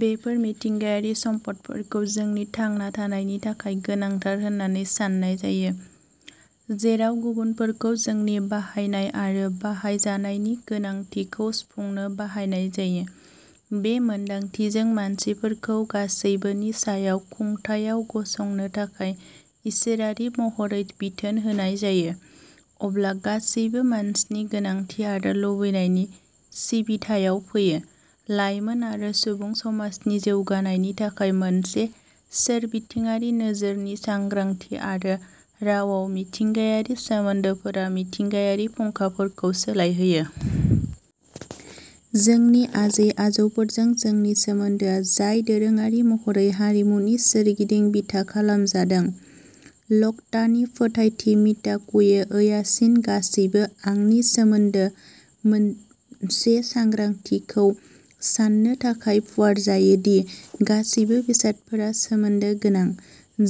बेफोर मिथिंगायारि सम्फदफोरखौ जोंनि थांना थानायनि थाखाय गोनांथार होन्ना सान्नाय जायो, जेराव गुबुनफोरखौ जोंनि बाहायनाय आरो बाहायजानायनि गोनांथिखौ सुफुंनो बाहायनाय जायो। बे मोनदांथिजों, मानसिफोरखौ गासैबोनि सायाव खुंथाइआव गसंनो थाखाय इसोरारि महरै बिथोन होनाय जायो, अब्ला गासैबो मानसिनि गोनांथि आरो लुबैनायनि सिबिथायाव फैयो लायमोन आरो सुबुं समाजनि जौगानायनि थाखाय मोनसे सोरबिथिङारि नोजोरनि सांग्रांथि आरो रावाव मिथिंगायारि सोमोन्दोफोरा मिथिंगायारि फुंखाफोरखौ सोलायहोयो। जोंनि आजै-आजौफोरजों जोंनि सोमोन्दोआ जाय दोरोङारि महरै हारिमुनि सोरगिदिं बिथा खालामजादों, लकटानि फोथायथि मिताकुये ओयासिन गासैबो आंनि सोमोन्दो मोनसे सांग्रांथिखौ सान्नो थाखाय फुवारजायो दि गासैबो बेसादफोरा सोमोन्दो गोनां।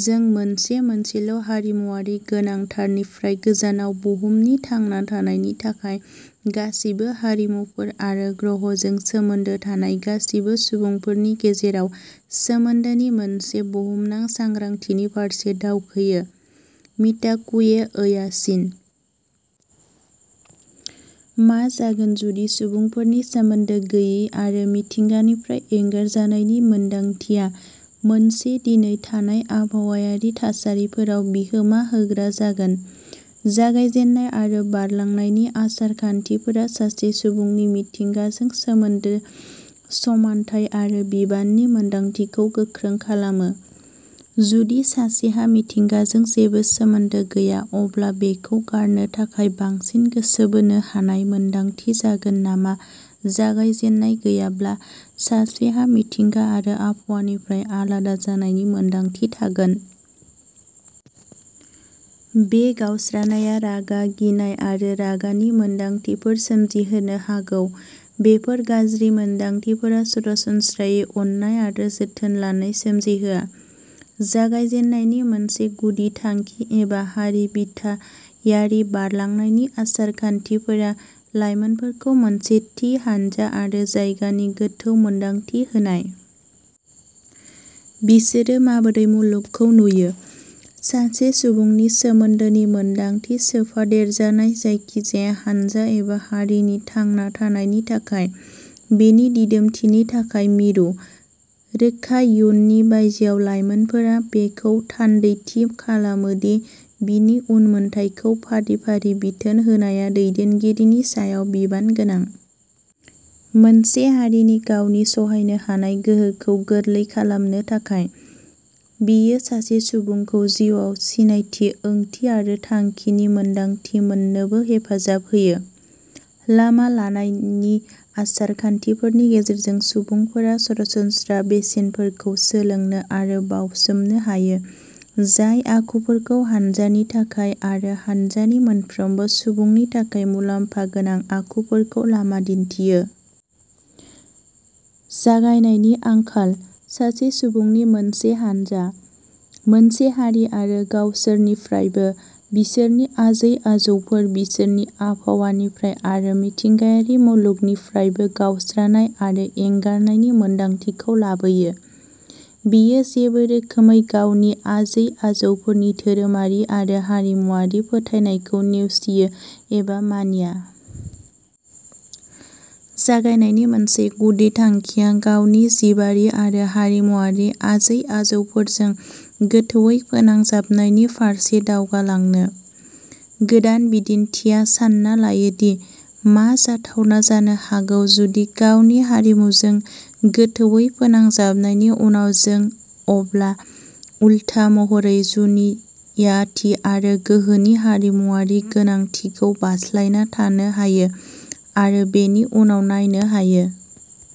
जों मोनसे मोनसेल'हारिमुआरि गोनांथारनिफ्राय गोजानाव बुहुमनि थांना थानायनि थाखाय गासैबो हारिमुफोर आरो ग्रहजों सोमोन्दो थानाय गासैबो सुबुंफोरनि गेजेराव सोमोन्दोनि मोनसे बुहुमनां सांग्रांथिनि फारसे दावखोयो, मिताकुये ओयासिन। मा जागोन जुदि सुबुंफोरनि सोमोन्दो गैयै आरो मिथिंगानिफ्राय एंगारजानायनि मोनदांथिया मोनसे दिनै थानाय आबहावायारि थासारिफोराव बिहोमा होग्रा जाहोन जागायजेननाय आरो बारलांनायनि आसार-खान्थिफोरा सासे सुबुंनि मिथिंगाजों सोमोन्दो, समानथाय आरो बिबाननि मोनदांथिखौ गोख्रों खालामो। जुदि सासेहा मिथिंगाजों जेबो सोमोन्दो गैया, अब्ला बेखौ गारनो थाखाय बांसिन गोसो बोनो हानाय मोन्दांथि जागोन नामा जागायजेननाय गैयाब्ला सासेहा मिथिंगा आरो आबहावानिफ्राय आलादा जानायनि मोनदांथि थागोन। बे गावस्रानायआ रागा, गिनाय आरो रागानि मोनदांथिफोर सोमजिहोनो हागौ। बेफोर गाज्रि मोनदांथिफोरा सरासनस्रायै अननाय आरो जोथोन लानाय सोमजिहोआ। जागायजेन्नायनि मोनसे गुदि थांखि एबा हारि बिथायारि बारलांनायनि आसार-खान्थिफोरा, लाइमोनफोरखौ मोनसे थि हानजा आरो जायगानि गोथौ मोनदांथि होनाय। बिसोरो माबोरै मुलुगखौ नुयो। सासे सुबुंनि सोमोन्दोनि मोनदांथि सोफादेरजानाय जायखिजाया हानजा एबा हारिनि थांना थानायनि थाखाय, बेनि दिदोमथिनि थाखाय मिरु। रोखा इयुननि बायजोआव, लाइमोनफोरा बेखौ थान्दैथि खालामो दि बिनि उनमोनथायखौ फारि-फारि बिथोन होनाया दैदेनगिरिनि सायाव बिबान गोनां। मोनसे हारिनि गावनि सहायनो हानाय गोहोखौ गोरलै खालामनो थाखाय। बेयो सासे सुबुंखौ जिउआव सिनायथि, ओंथि आरो थांखिनि मोनदांथि मोननोबो हेफाजाब होयो। लामा लानायनि आसार-खान्थिफोरनि गेजेरजों सुबुंफोरा सरासनस्रा बेसेनफोरखौ सोलोंनो आरो बाउसोमनो हायो, जाय आखुफोरखौ हान्जानि थाखाय आरो हान्जानि मोनफ्रोमबो सुबुंनि थाखाय मुलाम्फा गोनां आखुफोरखौ लामा दिन्थियो। जागायनायनि आंखाल सासे सुबुंनि मोनसे हानजा, मोनसे हारि आरो गावसोरनिफ्रायबो, बिसोरनि आजै-आजौफोर, बिसोरनि आबहावानिफ्राय आरो मिथिंगायारि मुलुगनिफ्रायबो गावस्रानाय आरो एंगारनायनि मोनदांथिखौ लाबोयो। बेयो जेबो रोखोमै गावनि आजै-आजौफोरनि धोरोमारि आरो हारिमुआरि फोथायनायखौ नेवसियो एबा मानिया। जागायनायनि मोनसे गुदि थांखिया गावनि जिबारि आरो हारिमुआरि आजै-आजौफोरजों गोथौवै फोनांजाबनायनि फारसे दावगालांनो। गोदान बिदिनथिया सान्ना लायो दि मा जाथावना जानो हागौ जुदि गावनि हारिमुजों गोथौवै फोनांजाबनायनि उनाव जों अब्ला, उल्था महरै, जुनियाथि आरो गोहोनि हारिमुआरि गोनांथिखौ बारस्लायना थांनो हायो आरो बेनि उनाव नायनो हायो।